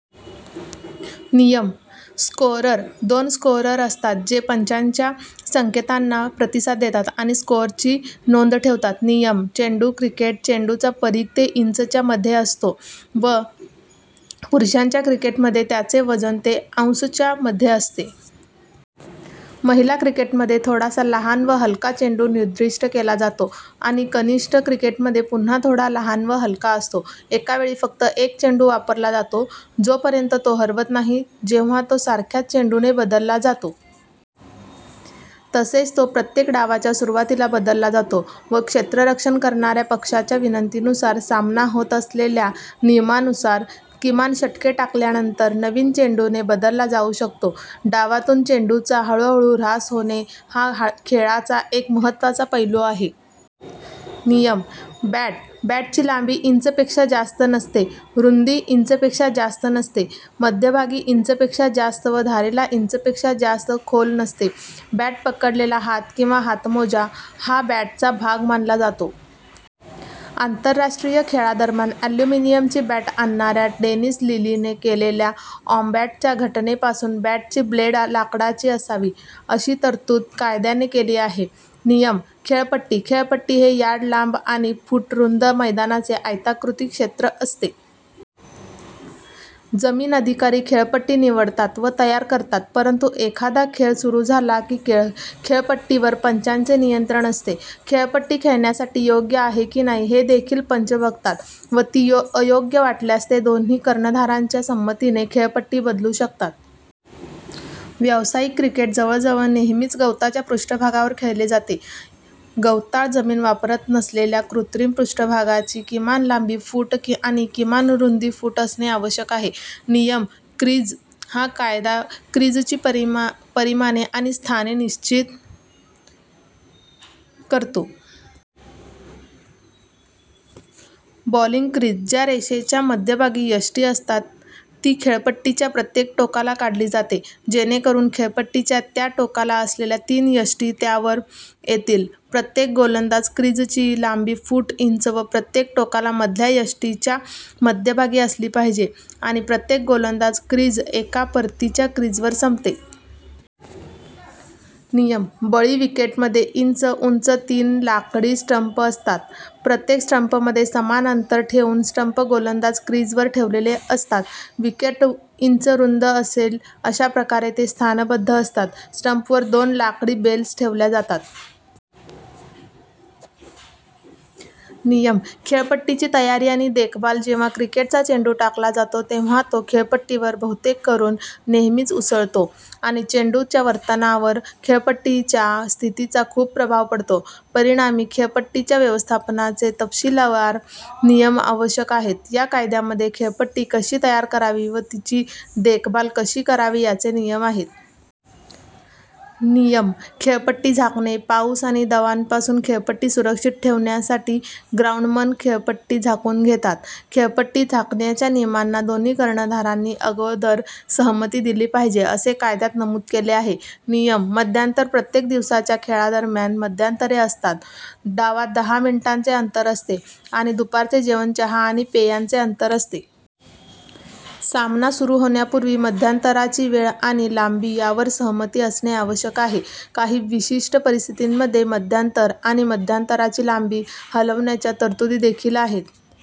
नियम: स्कोअरर. दोन स्कोअरर असतात जे पंचांच्या संकेतांना प्रतिसाद देतात आणि स्कोअर ची नोंद ठेवतात. नियम: चेंडू. क्रिकेट चेंडूचा परिघ ते इंच च्या मध्ये असतो व पुरुषांच्या क्रिकेटमध्ये त्याचे वजन ते औंस च्या मध्ये असते. महिला क्रिकेटमध्ये थोडासा लहान व हलका चेंडू निर्दिष्ट केला जातो आणि कनिष्ठ क्रिकेटमध्ये पुन्हा थोडा लहान व हलका असतो. एका वेळी फक्त एक चेंडू वापरला जातो, जोपर्यंत तो हरवत नाही, जेव्हा तो सारख्याच चेंडूने बदलला जातो. तसेच तो प्रत्येक डावाच्या सुरुवातीला बदलला जातो व क्षेत्ररक्षण करणाऱ्या पक्षाच्या विनंतीनुसार, सामना होत असलेल्या नियमांनुसार किमान षटके टाकल्यानंतर, नवीन चेंडूने बदलला जाऊ शकतो. डावांतून चेंडूचा हळूहळू ऱ्हास होणे हा खेळाचा एक महत्त्वाचा पैलू आहे. नियम: बॅट. बॅटची लांबी इंच पेक्षा जास्त नसते, रुंदी इंच पेक्षा जास्त नसते, मध्यभागी इंच पेक्षा जास्त व धारेला इंच पेक्षा जास्त खोल नसते. बॅट पकडलेला हात किंवा हातमोजा हा बॅटचा भाग मानला जातो. आंतरराष्ट्रीय खेळादरम्यान ॲल्युमिनिअमची बॅट आणणाऱ्या डेनिस लिली ने केलेल्या कॉम्बॅटच्या घटनेपासून, बॅटची ब्लेड लाकडाची असावी, अशी तरतूद कायद्याने केली आहे. नियम: खेळपट्टी. खेळपट्टी हे यार्ड लांब आणि फूट रुंद मैदानाचे आयताकृती क्षेत्र असते. जमीन अधिकारी खेळपट्टी निवडतात व तयार करतात, परंतु एकदा खेळ सुरू झाला की खेळपट्टीवर पंचांचे नियंत्रण असते. खेळपट्टी खेळण्यासाठी योग्य आहे की नाही हे देखील पंच बघतात व ती अयोग्य वाटल्यास ते दोन्ही कर्णधारांच्या संमतीने खेळपट्टी बदलू शकतात. व्यावसायिक क्रिकेट जवळजवळ नेहमीच गवताच्या पृष्ठभागावर खेळले जाते. गवताळ जमीन वापरात नसल्यास कृत्रिम पृष्ठभागाची किमान लांबी फूट आणि किमान रुंदी फूट असणे आवश्यक आहे. नियम: क्रीज. हा कायदा क्रीजची परिमाणे आणि स्थाने निश्चित करतो. बॉलिंग क्रीज, ज्या रेषेच्या मध्यभागी यष्टी असतात, ती खेळपट्टीच्या प्रत्येक टोकाला काढली जाते जेणेकरून खेळपट्टीच्या त्या टोकाला असलेल्या तीन यष्टी त्यावर येतील. प्रत्येक गोलंदाज क्रीजची लांबी फूट इंच व प्रत्येक टोकाला मधल्या यष्टीच्या मध्यभागी असली पाहिजे, आणि प्रत्येक गोलंदाज क्रीज एका परतीच्या क्रिजवर संपते. नियम: बळी. विकेटमध्ये इंच उंच तीन लाकडी स्टंप असतात. प्रत्येक स्टंपमध्ये समान अंतर ठेवून स्टंप गोलंदाज क्रीजवर ठेवलेले असतात. विकेट इंच रुंद असेल अशा प्रकारे ते स्थानबद्ध असतात. स्टंपवर दोन लाकडी बेल्स ठेवल्या जातात. नियम: खेळपट्टीची तयारी आणि देखभाल. जेव्हा क्रिकेटचा चेंडू टाकला जातो तेव्हा तो खेळपट्टीवर बहुतकरून नेहमीच उसळतो आणि चेंडूच्या वर्तनावर खेळपट्टीच्या स्थितीचा खूप प्रभाव पडतो. परिणामी खेळपट्टीच्या व्यवस्थापनाचे तपशीलवार नियम आवश्यक आहेत. या कायद्यामध्ये खेळपट्टी कशी तयार करावी व तिची देखभाल कशी करावी याचे नियम आहेत. नियम: खेळपट्टी झाकणे. पाऊस आणि दंवापासून खेळपट्टी सुरक्षित ठेवण्यासाठी ग्राउंडमन खेळपट्टी झाकून घेतात. खेळपट्टी झाकण्याच्या नियमांना दोन्ही कर्णधारांनी अगोदर सहमती दिली पाहिजे, असे कायद्यात नमूद केले आहे. नियम: मध्यांतर. प्रत्येक दिवसाच्या खेळादरम्यान मध्यांतरे असतात, डावात दहा मिनिटांचे अंतर असते आणि दुपारचे जेवण, चहा आणि पेयांचे अंतर असते. सामना सुरू होण्यापूर्वी मध्यांतरांची वेळ आणि लांबी यावर सहमती असणे आवश्यक आहे. काही विशिष्ट परिस्थितींमध्ये मध्यांतर आणि मध्यांतराची लांबी हलवण्याच्या तरतुदी देखील आहेत.